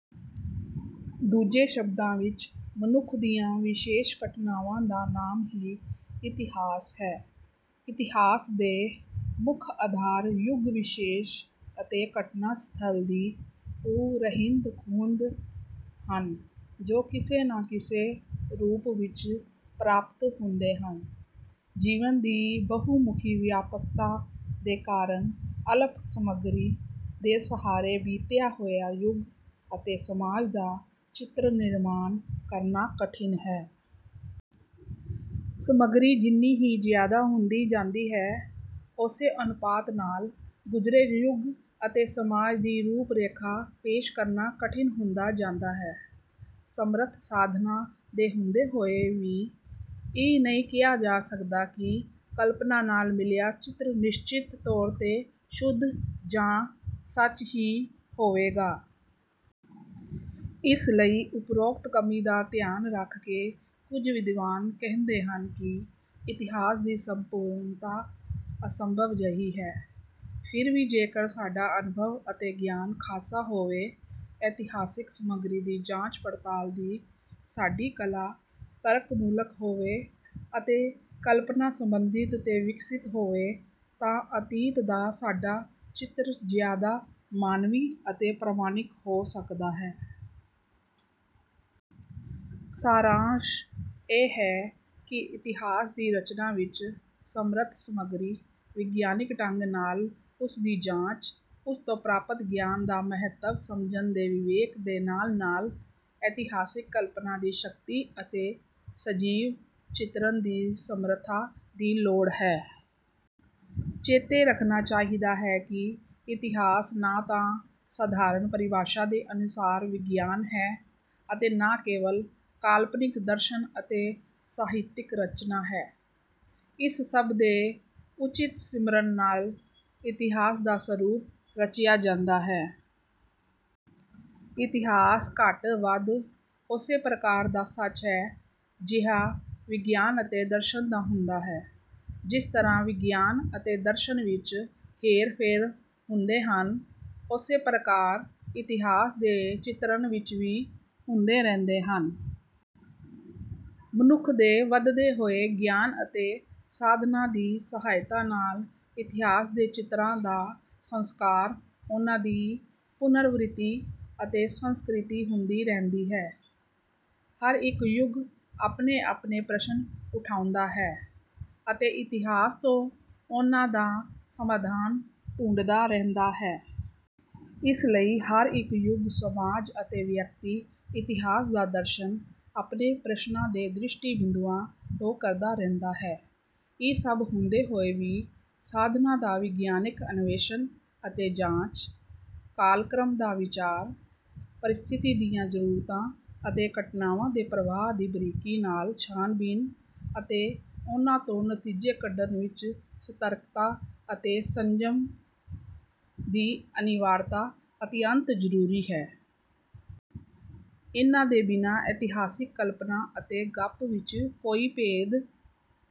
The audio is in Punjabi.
ਦੂਜੇ ਸ਼ਬਦਾਂ ਵਿੱਚ ਮਨੁੱਖ ਦੀਆਂ ਵਿਸ਼ੇਸ਼ ਘਟਨਾਵਾਂ ਦਾ ਨਾਮ ਹੀ ਇਤਿਹਾਸ ਹੈ। ਇਤਿਹਾਸ ਦੇ ਮੁੱਖ ਆਧਾਰ ਯੁਗ-ਵਿਸ਼ੇਸ਼ ਅਤੇ ਘਟਨਾ-ਸਥਲ ਦੀ ਉਹ ਰਹਿੰਦ-ਖੂਹੰਦ ਹਨ ਜੋ ਕਿਸੇ ਨਾ ਕਿਸੇ ਰੂਪ ਵਿੱਚ ਪ੍ਰਾਪਤ ਹੁੰਦੇ ਹਨ। ਜੀਵਨ ਦੀ ਬਹੁਮੁਖੀ ਵਿਆਪਕਤਾ ਦੇ ਕਾਰਨ ਅਲਪ ਸਮੱਗਰੀ ਦੇ ਸਹਾਰੇ ਬੀਤਿਆ ਹੋਇਆ ਯੁੱਗ ਅਤੇ ਸਮਾਜ ਦਾ ਚਿੱਤਰ-ਨਿਰਮਾਣ ਕਰਨਾ ਕਠਿਨ ਹੈ। ਸਮੱਗਰੀ ਜਿੰਨੀ ਹੀ ਜ਼ਿਆਦਾ ਹੁੰਦੀ ਜਾਂਦੀ ਹੈ, ਉਸੇ ਅਨੁਪਾਤ ਨਾਲ ਗੁਜ਼ਰੇ ਯੁੱਗ ਅਤੇ ਸਮਾਜ ਦੀ ਰੂਪ-ਰੇਖਾ ਪੇਸ਼ ਕਰਨਾ ਕਠਿਨ ਹੁੰਦਾ ਜਾਂਦਾ ਹੈ। ਸਮਰੱਥ ਸਾਧਨਾਂ ਦੇ ਹੁੰਦੇ ਹੋਏ ਵੀ ਇਹ ਨਹੀਂ ਕਿਹਾ ਜਾ ਸਕਦਾ ਕਿ ਕਲਪਨਾ ਨਾਲ ਮਿਲਿਆ ਚਿੱਤਰ ਨਿਸ਼ਚਿਤ ਤੌਰ 'ਤੇ ਸ਼ੁੱਧ ਜਾਂ ਸੱਚ ਹੀ ਹੋਵੇਗਾ। ਇਸ ਲਈ ਉਪਰੋਕਤ ਕਮੀ ਦਾ ਧਿਆਨ ਰੱਖ ਕੇ ਕੁੱਝ ਵਿਦਵਾਨ ਕਹਿੰਦੇ ਹਨ ਕਿ ਇਤਿਹਾਸ ਦੀ ਸੰਪੂਰਨਤਾ ਅਸੰਭਵ ਜਿਹੀ ਹੈ। ਫਿਰ ਵੀ ਜੇਕਰ ਸਾਡਾ ਅਨੁਭਵ ਅਤੇ ਗਿਆਨ ਖਾਸਾ ਹੋਵੇ, ਇਤਿਹਾਸਕ ਸਮੱਗਰੀ ਦੀ ਜਾਂਚ-ਪੜਤਾਲ ਦੀ ਸਾਡੀ ਕਲਾ ਤਰਕਮੂਲਕ ਹੋਵੇ ਅਤੇ ਕਲਪਨਾ ਸੰਬੰਧਿਤ ਤੇ ਵਿਕਸਿਤ ਹੋਵੇ, ਤਾਂ ਅਤੀਤ ਦਾ ਸਾਡਾ ਚਿੱਤਰ ਜ਼ਿਆਦਾ ਮਾਨਵੀ ਅਤੇ ਪ੍ਰਮਾਣਿਕ ਹੋ ਸਕਦਾ ਹੈ। ਸਾਰੰਸ਼ ਇਹ ਹੈ ਕਿ ਇਤਿਹਾਸ ਦੀ ਰਚਨਾ ਵਿੱਚ ਸਮਰੱਥ ਸਮੱਗਰੀ, ਵਿਗਿਆਨਕ ਢੰਗ ਨਾਲ ਉਸਦੀ ਜਾਂਚ, ਉਸ ਤੋਂ ਪ੍ਰਾਪਤ ਗਿਆਨ ਦਾ ਮਹੱਤਵ ਸਮਝਣ ਦੇ ਵਿਵੇਕ ਦੇ ਨਾਲ-ਨਾਲ ਇਤਿਹਾਸਕ ਕਲਪਨਾ ਦੀ ਸ਼ਕਤੀ ਅਤੇ ਸਜੀਵ ਚਿਤਰਣ ਦੀ ਸਮਰੱਥਾ ਦੀ ਲੋੜ ਹੈ। ਚੇਤੇ ਰੱਖਣਾ ਚਾਹੀਦਾ ਹੈ ਕਿ ਇਤਿਹਾਸ ਨਾ ਤਾਂ ਸਧਾਰਨ ਪਰਿਭਾਸ਼ਾ ਦੇ ਅਨੁਸਾਰ ਵਿਗਿਆਨ ਹੈ ਅਤੇ ਨਾ ਕੇਵਲ ਕਾਲਪਨਿਕ ਦਰਸ਼ਨ ਅਤੇ ਸਾਹਿਤਕ ਰਚਨਾ ਹੈ। ਇਸ ਸਭ ਦੇ ਉਚਿਤ ਮਿਸ਼ਰਣ ਨਾਲ ਇਤਿਹਾਸ ਦਾ ਸਰੂਪ ਰਚਿਆ ਜਾਂਦਾ ਹੈ। ਇਤਿਹਾਸ ਘੱਟ-ਵੱਧ ਉਸੇ ਪ੍ਰਕਾਰ ਦਾ ਸੱਚ ਹੈ ਜਿਹਾ ਵਿਗਿਆਨ ਅਤੇ ਦਰਸ਼ਨ ਦਾ ਹੁੰਦਾ ਹੈ। ਜਿਸ ਤਰ੍ਹਾਂ ਵਿਗਿਆਨ ਅਤੇ ਦਰਸ਼ਨ ਵਿੱਚ ਹੇਰ-ਫੇਰ ਹੁੰਦੇ ਹਨ, ਉਸੇ ਪ੍ਰਕਾਰ ਇਤਿਹਾਸ ਦੇ ਚਿਤਰਣ ਵਿੱਚ ਵੀ ਹੁੰਦੇ ਰਹਿੰਦੇ ਹਨ। ਮਨੁੱਖ ਦੇ ਵੱਧਦੇ ਹੋਏ ਗਿਆਨ ਅਤੇ ਸਾਧਨਾਂ ਦੀ ਸਹਾਇਤਾ ਨਾਲ ਇਤਿਹਾਸ ਦੇ ਚਿੱਤਰਾਂ ਦਾ ਸੰਸਕਾਰ, ਉਨ੍ਹਾਂ ਦੀ ਪੁਨਰ-ਵ੍ਰੱਤੀ ਅਤੇ ਸੰਸਕ੍ਰਿਤੀ ਹੁੰਦੀ ਰਹਿੰਦੀ ਹੈ। ਹਰ ਇੱਕ ਯੁੱਗ ਆਪਣੇ-ਆਪਣੇ ਪ੍ਰਸ਼ਨ ਉਠਾਉਂਦਾ ਹੈ ਅਤੇ ਇਤਿਹਾਸ ਤੋਂ ਉਨ੍ਹਾਂ ਦਾ ਸਮਾਧਾਨ ਢੂੰਢਦਾ ਰਹਿੰਦਾ ਹੈ। ਇਸ ਲਈ ਹਰ ਇੱਕ ਯੁੱਗ, ਸਮਾਜ ਅਤੇ ਵਿਅਕਤੀ ਇਤਿਹਾਸ ਦਾ ਦਰਸ਼ਨ ਆਪਣੇ ਪ੍ਰਸ਼ਨਾਂ ਦੇ ਦ੍ਰਿਸ਼ਟੀ-ਬਿੰਦੂਆਂ ਤੋਂ ਕਰਦਾ ਰਹਿੰਦਾ ਹੈ। ਇਹ ਸਭ ਹੁੰਦੇ ਹੋਏ ਵੀ ਸਾਧਨਾਂ ਦਾ ਵਿਗਿਆਨਕ ਅਨਵੇਸ਼ਣ ਅਤੇ ਜਾਂਚ, ਕਾਲ-ਕ੍ਰਮ ਦਾ ਵਿਚਾਰ, ਪਰਿਸਥਿਤੀ ਦੀਆਂ ਜ਼ਰੂਰਤਾਂ ਅਤੇ ਘਟਨਾਵਾਂ ਦੇ ਪ੍ਰਵਾਹ ਦੀ ਬਰੀਕੀ ਨਾਲ ਛਾਣਬੀਣ ਅਤੇ ਉਨ੍ਹਾਂ ਤੋਂ ਨਤੀਜੇ ਕੱਢਣ ਵਿੱਚ ਸਰਤਕਤਾ ਅਤੇ ਸੰਜਮ ਦੀ ਅਨਿਵਾਰਤਾ ਅਤਿਅੰਤ ਜ਼ਰੂਰੀ ਹੈ। ਇਨ੍ਹਾਂ ਦੇ ਬਿਨਾਂ ਇਤਿਹਾਸਕ ਕਲਪਨਾ ਅਤੇ ਗੱਪ ਵਿੱਚ ਕੋਈ ਭੇਦ